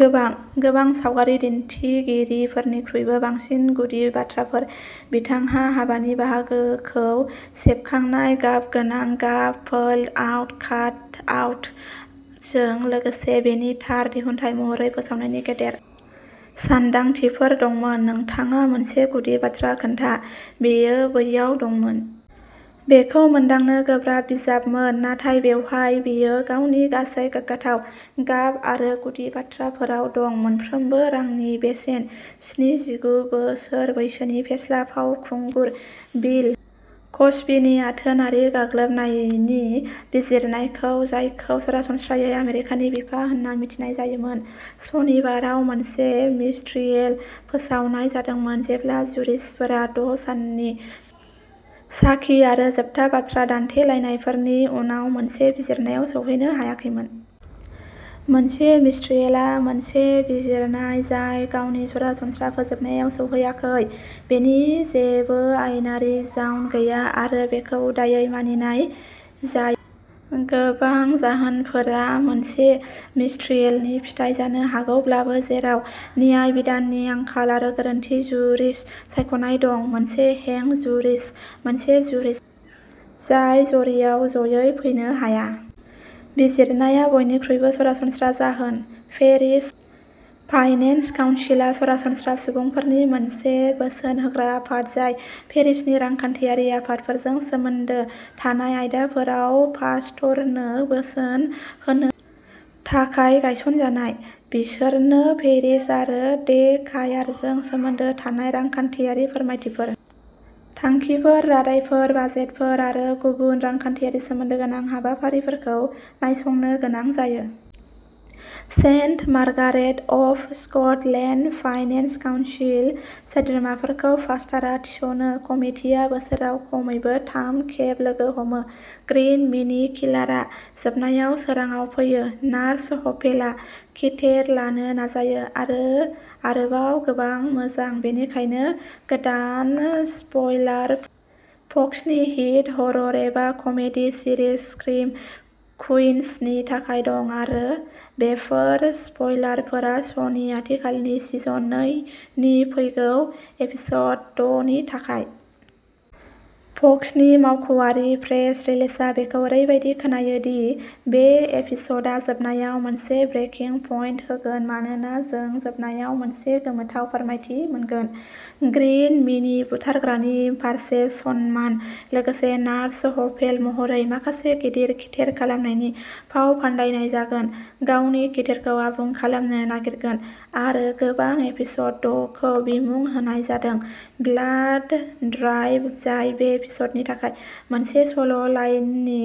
गोबां, गोबां सावगारि दिन्थिगिरिफोरनिख्रुइबो बांसिन गुदि बाथ्राफोर। बिथांहा हाबानि बाहागोखौ सेबखांनाय, गाबगोनां गाब, फोल्ड आउट, काट आउटजों लोगोसे बेनि थार दिहुनथाय महरै फोसावनायनि गेदेर सानदांथिफोर दंमोन, नोंथाङा मोनसे गुदि बाथ्रा खोन्था, बेयो बैयाव दंमोन। बेखौ मोनदांनो गोब्राब बिजाबमोन, नाथाय बेवहाय बेयो गावनि गासै गोग्गाथाव, गाब आरो गुदि बाथ्राफोराव दं। मोनफ्रोमबो रांनि बेसेन स्निजिगु बोसोर बैसोनि फेस्ला फावखुंगुर बिल कस्बीनि आथोनारि गाग्लोबनायनि बिजिरनायखौ जायखौ सरासनस्रायै आमेरिकानि बिफा होन्ना मिथिनाय जायोमोन सनिबाराव मोनसे मिसट्रियेल फोसावनाय जादोंमोन, जेब्ला जुरिसफोरा द' साननि साखि आरो जोबथा बाथ्रा दान्थेलायनायफोरनि उनाव मोनसे बिजिरनायाव सौहैनो हायाखैमोन। मोनसे मिसट्रियेलआ मोनसे बिजिरनाय जाय गावनि सरासनस्रा फोजोबनायाव सौहैयाखै, बेनि जेबो आयेनारि जाउन गैया आरो बेखौ उदायै मानिनाय जायो। गोबां जाहोनफोरा मोनसे मिसट्रियेलनि फिथाय जानो हागौब्लाबो, जेराव न्यायबिधाननि आंखाल आरो गोरोन्थि जुरिस सायख'नाय दं, मोनसे हेंग जुरिस मोनसे जुरिस जाय ज'रिआव ज'यै फैनो हाया। बिजिरनाया बयनिख्रुइबो सरासनस्रा जाहोन। पेरिश फाइनेन्स काउन्सिलआ सरासनस्रा सुबुंफोरनि मोनसे बोसोन होग्रा आफाद, जाय पेरिशनि रांखान्थियारि आयदाफोरजों सोमोन्दो थानाय आयदाफोराव पास्टरनो बोसोन होनो थाखाय गायसनजानाय। बिसोरनो पेरिश आरो डे केयारजों सोमोन्दो थानाय रांखान्थियारि फोरमायथिफोर, थांखिफोर, रादायफोर, बाजेटफोर आरो गुबुन रांखान्थियारि सोमोन्दो गोनां हाबाफारिफोरखौ नायसंनो गोनां जायो। Saint Margaret of Scotland finance council सोद्रोमाफोरखौ पास्टरआ थिसनो। कमितिआ बोसोराव खमैबो थाम खेब लोगो हमो। ग्रीन मिनि किलारआ जोबनायाव सोराङाव फैयो नार्स हफेलआ खिथेर लानो नाजायो आरो आरोबाव गोबां मोजां, बेनिखायनो गोदान स्पइलारफोरा फक्सनि हिट हरर एबा कमेडि सिरिज स्क्रीम कुइनस नि थाखाय दं आरो बेफोर स्पइलारफोरा श'नि आथिखालनि सिजन नै नि फैगौ एपिसड द' नि थाखाय। फक्सनि मावख'आरि प्रेस रिलिजआ, बेखौ ओरैबादि खोनायो दि बे एपिसडआ जोबनायाव मोनसे ब्रेकिं पइन्ट होगोन मानोना जों जोबनायाव मोनसे गोमोथाव फोरमायथि मोनगोन। ग्रीन मिनि बुथारग्रानि फारसे सनमान लोगोसे नार्स हफेल महरै माखासे गिदिर खिथेर खालामनायनि फावफान्दायनाय जागोन, गावनि खिथेरखौ आबुं खालामनो नागिरगोन आरो गोबां एपिसड द' खौ बिमुं होनाय जादों ब्लाड ड्राइभ, जाय बे एपिसडनि थाखाय मोनसे सल' लाइननि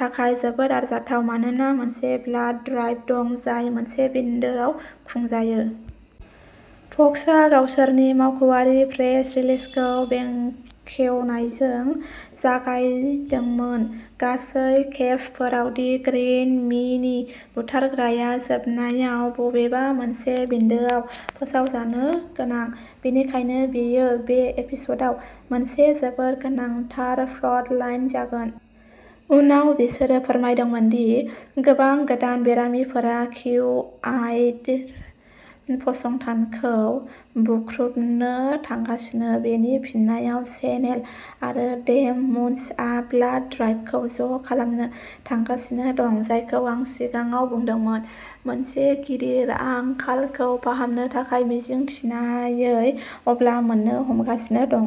थाखाय जोबोद आरजाथाव मानोना मोनसे ब्लाड ड्राइभ दं जाय मोनसे बिन्दोआव खुंजायो। फक्सआ गावसोरनि मावख'आरि प्रेस रिलिजखौ बेखेवनायजों जागायदोंमोन, गासै केपफोराव, दि ग्रीन मिनि बुथारग्राया जोबनायाव बबेबा मोनसे बिन्दोआव फोसावजानो गोनां। बेनिखायनो, बेयो बे एपिसडआव मोनसे जोबोद गोनांथार प्लटलाइन जागोन। उनाव, बिसोरो फोरमायदोंमोन दि गोबां गोदान बेरामिफोरा किउआरइ फसंथानखौ बुख्रुबनो थांगासिनो बेनि फिननायाव, चेनेल आरो डेम मुन्सआ ब्लाड ड्राइभखौ ज' खालामनो थांगासिनो दं, जायखौ आं सिगाङाव बुंदोंमोन, मोनसे गिदिर आंखालखौ फाहामनो थाखाय मिजिं थिनायै। अब्ला, मोननो हमगासिनो दं।